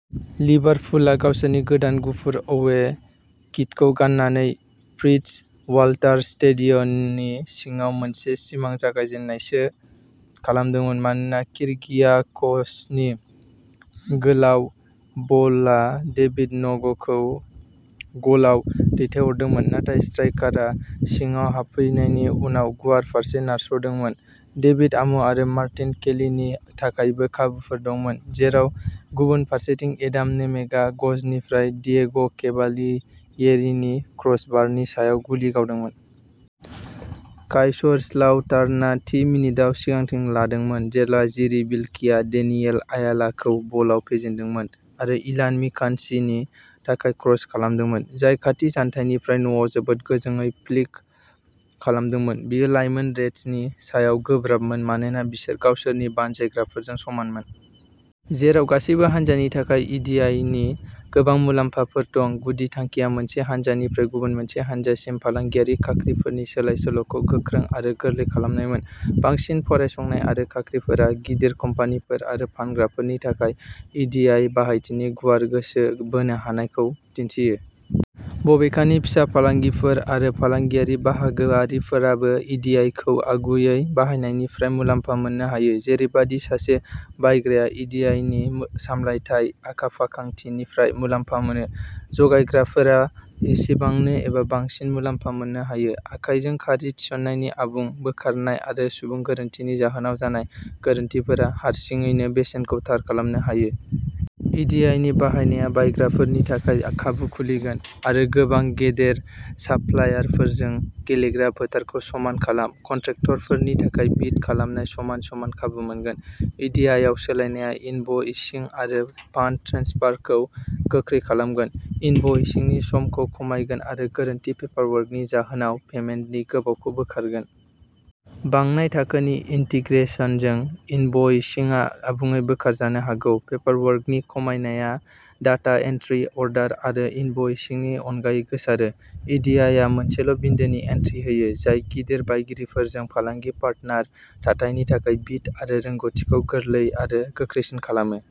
लिभारपुलआ, गावसोरनि गोदान गुफुर अवे किटखौ गाननानै, फ्रिट्ज वाल्टार स्टेडिय'ननि सिङाव मोनसे सिमां जागायजेन्नायसो खालामदोंमोन मानोना किर्गियाक'सनि गोलाव बलआ डेभिड नग'गखौ गलआव दैथायहरदोंमोन, नाथाय स्ट्राइकारआ सिङाव हाबफैनायनि उनाव गुवार फारसे नारस'दोंमोन। डेभिड आमू आरो मार्टिन केलीनि थाखायबो खाबुफोर दंमोन, जेराव गुबुन फारसेथिं एडाम नेमेकआ गजनिफ्राय डियेग'केभालियेरीनि क्रसबारनि सायाव गुलि गावदोंमोन। काइसरस्लाउटार्ना थि मिनिटआव सिगांथि लादोंमोन जेब्ला जिरी बिल्कीआ डेनियेल आयालाखौ बलआव फेजेन्दोंमोन आरो इलान मिकान्स्कीनि थाखाय क्रस खालामदोंमोन, जाय खाथि जानथायनिफ्राय न'आव जोबोद गोजोंयै फ्लिक खालामदोंमोन। बेयो लाइमोन रेड्सनि सायाव गोब्राबमोन मानोना बिसोर गावसोरनि बानजायग्राफोरजों समानमोन। जेराव गासैबो हान्जानि थाखाय इडिआइनि गोबां मुलाम्फाफोर दं, गुदि थांखिया मोनसे हानजानिफ्राय गुबुन मोनसे हान्जासिम फालांगियारि खाख्रिफोरनि सोलाय-सोल'खौ गोख्रों आरो गोरलै खालामनायमोन। बांसिन फरायसंनाय आरो खाख्रिफोरा गिदिर कम्पानिफोर आरो फानग्राफोरनि थाखाय इडिआइ बाहायथिनि गुवार गोसो बोनो हानायखौ दिन्थियो। बबेखानि, फिसा फालांगिफोर आरो फालांगियारि बाहागोआरिफोराबो इडिआइखौ आगुयै बाहायनायनिफ्राय मुलाम्फा मोननो हायो। जेरैबादि सासे बायग्राया इडिआइनि सामलायथाय आखाफाखांथिनिफ्राय मुलाम्फा मोनो, जगायग्राफोरा एसेबांनो एबा बांसिन मुलामफा मोननो हायो। आखाइजों खारि थिसननायनि आबुं बोखारनाय आरो सुबुं गोरोन्थिनि जाहोनाव जानाय गोरोन्थिफोरा हारसिङैनो बेसेनखौ थार खालामनो हायो। इडिआइनि बाहायनाया बायग्राफोरनि थाखाय खाबु खुलिगोन। आरो गोबां गेदेर साप्लायरफोरजों गेलेग्रा फोथारखौ समान खालाम। कन्ट्रेक्टफोरनि थाखाय बिद खालामनाय समाव समान खाबु मोनगोन। इडिआइआव सोलायनाया इनभ'इसिं आरो फान्ड ट्रेन्सफारखौ गोख्रै खालामगोन, इनभ'इसिंनि समखौ खमायगोन आरो गोरोन्थि पेपारवर्कनि जाहोनाव पेमेन्टनि गोबावखौ बोखारगोन। बांनाय थाखोनि इन्टिग्रेसनजों, इनभ'इसिंआ आबुङै बोखारजानो हागौ। पेपारवर्कनि खमायनाया डाटा एन्ट्रि, अर्डार आरो इनभ'इसिंनि अनगायै गोसारो। इडिआइआ मोनसेल'बिन्दोनि एन्ट्रि होयो, जाय गिदिर बायगिरिफोरजों फालांगि पार्टनार थाथायनि थाखाय बिड आरो रोंग'थिखौ गोरलै आरो गोख्रैसिन खालामो।